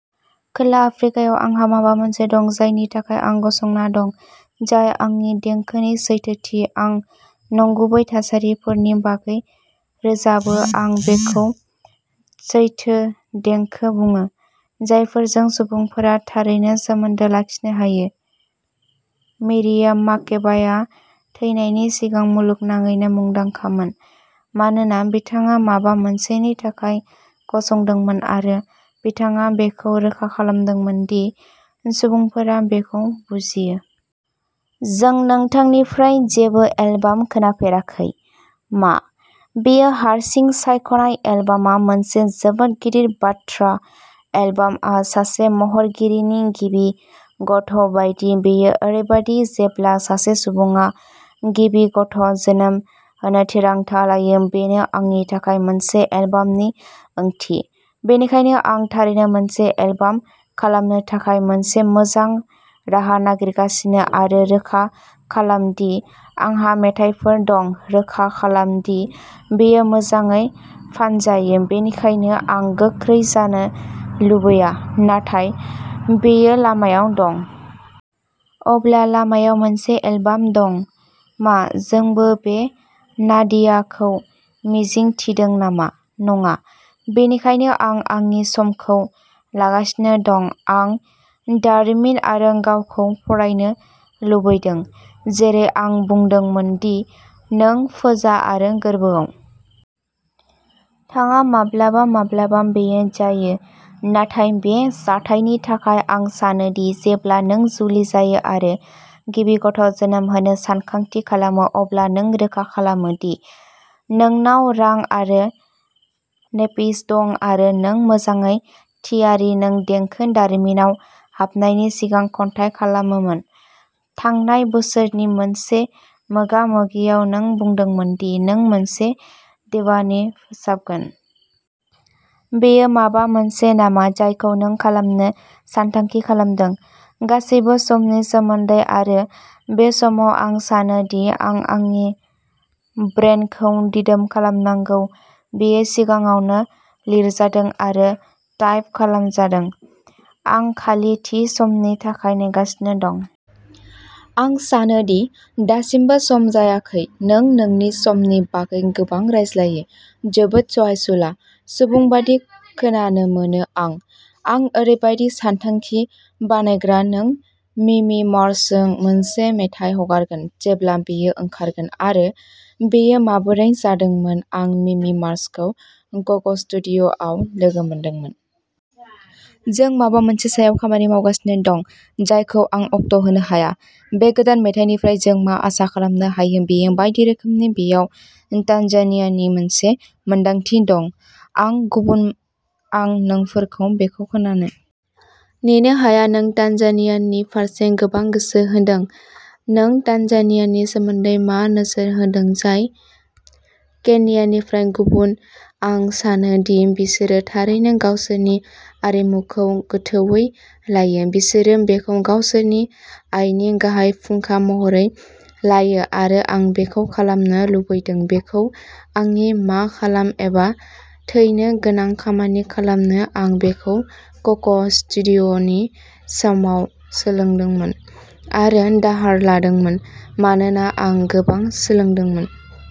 खोला आफ्रिकायाव आंहा माबा मोनसे दं जायनि थाखाय आं गसंना दं जाय आंनि देंखोनि सैथोथि आं नंगुबै थासारिफोरनि बागै रोजाबो आं बेखौ'सैथो देंखो बुङो जायफोरजों सुबुंफोरा थारैनो सोमोन्दो लाखिनो हायो मिरियाम माकेबाया थैनायनि सिगां मुलुगनाङैनो मुंदांखामोन मानोना बिथाङा माबा मोनसेनि थाखाय गसंदोंमोन आरो बिथाङा बेखौ रोखा खालामदोंमोन दि सुबुंफोरा बेखौ बुजियो। जों नोंथांनिफ्राय जेबो एलबाम खोनाफेराखै मा बेयो हारसिं सायख'नाय एलबामआ मोनसे जोबोद गिदिर बाथ्रा एलबामआ सासे महरगिरिनि गिबि गथ'बायदि बेयो ओरैबायदि जेब्ला सासे सुबुङा गिबि गथ'जोनोम होनो थिरांथा लायो बेनो आंनि थाखाय मोनसे एलबामनि ओंथि बेनिखायनो आं थारैनो मोनसे एलबाम खालामनो थाखाय मोनसे मोजां राहा नागिरगासिनो आरो रोखा खालाम दि आंहा मेथाइफोर दं रोखा खालाम दि बेयो मोजाङै फानजायो बेनिखायनो आं गोख्रै जानो लुबैया नाथाय बेयो लामायाव दं। अब्ला लामायाव मोनसे एलबाम दं मा जोंबो बे नादियाखौ मिजिं थिदों नामा नङा बेनिखायनो आं आंनि समखौ लागासिनो दं आं दारिमिन आरो गावखौ फरायनो लुबैदों जेरै आं बुंदोंमोन दि नों फोजा आरो गोर्बोआव थाङा माब्लाबा माब्लाबा बेयो जायो नाथाय बे जाथायनि थाखाय आं सानो दि जेब्ला नों जुलि जायो आरो गिबि गथ'जोनोम होनो सानथांखि खालामो अब्ला नों रोखा खालामो दि नोंनाव रां आरो नेपिस दं आरो नों मोजाङै थियारि नों देंखो दारिमिनाव हाबनायनि सिगां खन्थाइ खालामोमोन थांनाय बोसोरनि मोनसे मोगा-मोगियाव नों बुंदोंमोन दि नों मोनसे दिवानी फोसावगोन। बेयो माबा मोनसे नामा जायखौ नों खालामनो सानथांखि खालामदों गासैबो समनि सोमोन्दै आरो बे समाव आं सानोदि आं आंनि ब्रान्डखौ दिदोम खालामनांगौ बेयो सिगाङावनो लिरजादों आरो टाइप खालामजादों आं खालि थि समनि थाखाय नेगासिनो दं। आं सानो दि दासिमबो सम जायाखै नों नोंनि समनि बागै गोबां रायज्लायो जोबोद सहायसुला सुबुं बायदि खोनानो मोनो आं। आं ओरैबायदि सानथांखि बानायग्रा नों मिमि मार्सजों मोनसे मेथाइ हगारगोन जेब्ला बेयो ओंखारगोन आरो बेयो माबोरै जादोंमोन आं मिमि मार्सखौ क'क स्टुडिय'आव लोगो मोनदोंमोन। जों माबा मोनसे सायाव खामानि मावगासिनो दं जायखौ आं अक्ट'होनो हाया बे गोदान मेथाइनिफ्राय जों मा आसा खालामनो हायो बेयो बायदि रोखोमनि बेयाव तान्जानियानि मोनसे मोनदांथि दं आं गुबुन आं नोंफोरखौ बेखौ खोनानो नेनो हाया नों तान्जानियानि फारसे गोबां गोसो होदों नों तान्जानियानि सोमोन्दै मा नोजोर होदों जाय केन्यानिफ्राय गुबुन आं सानो दि बिसोरो थारैनो गावसोरनि आरिमुखौ गोथौवै लायो बिसोरो बेखौ गावसोरनि आयनि गाहाय फुंखा महरै लायो आरो आं बेखौ खालामनो लुबैदों बेखौ आंनि मा खालाम एबा थैनो गोनां खामानि खालामनो आं बेखौ क'क स्टुडिय'नि समाव सोलोंदोंमोन आरो दाहार लादोंमोन मानोना आं गोबां सोलोंदोंमोन।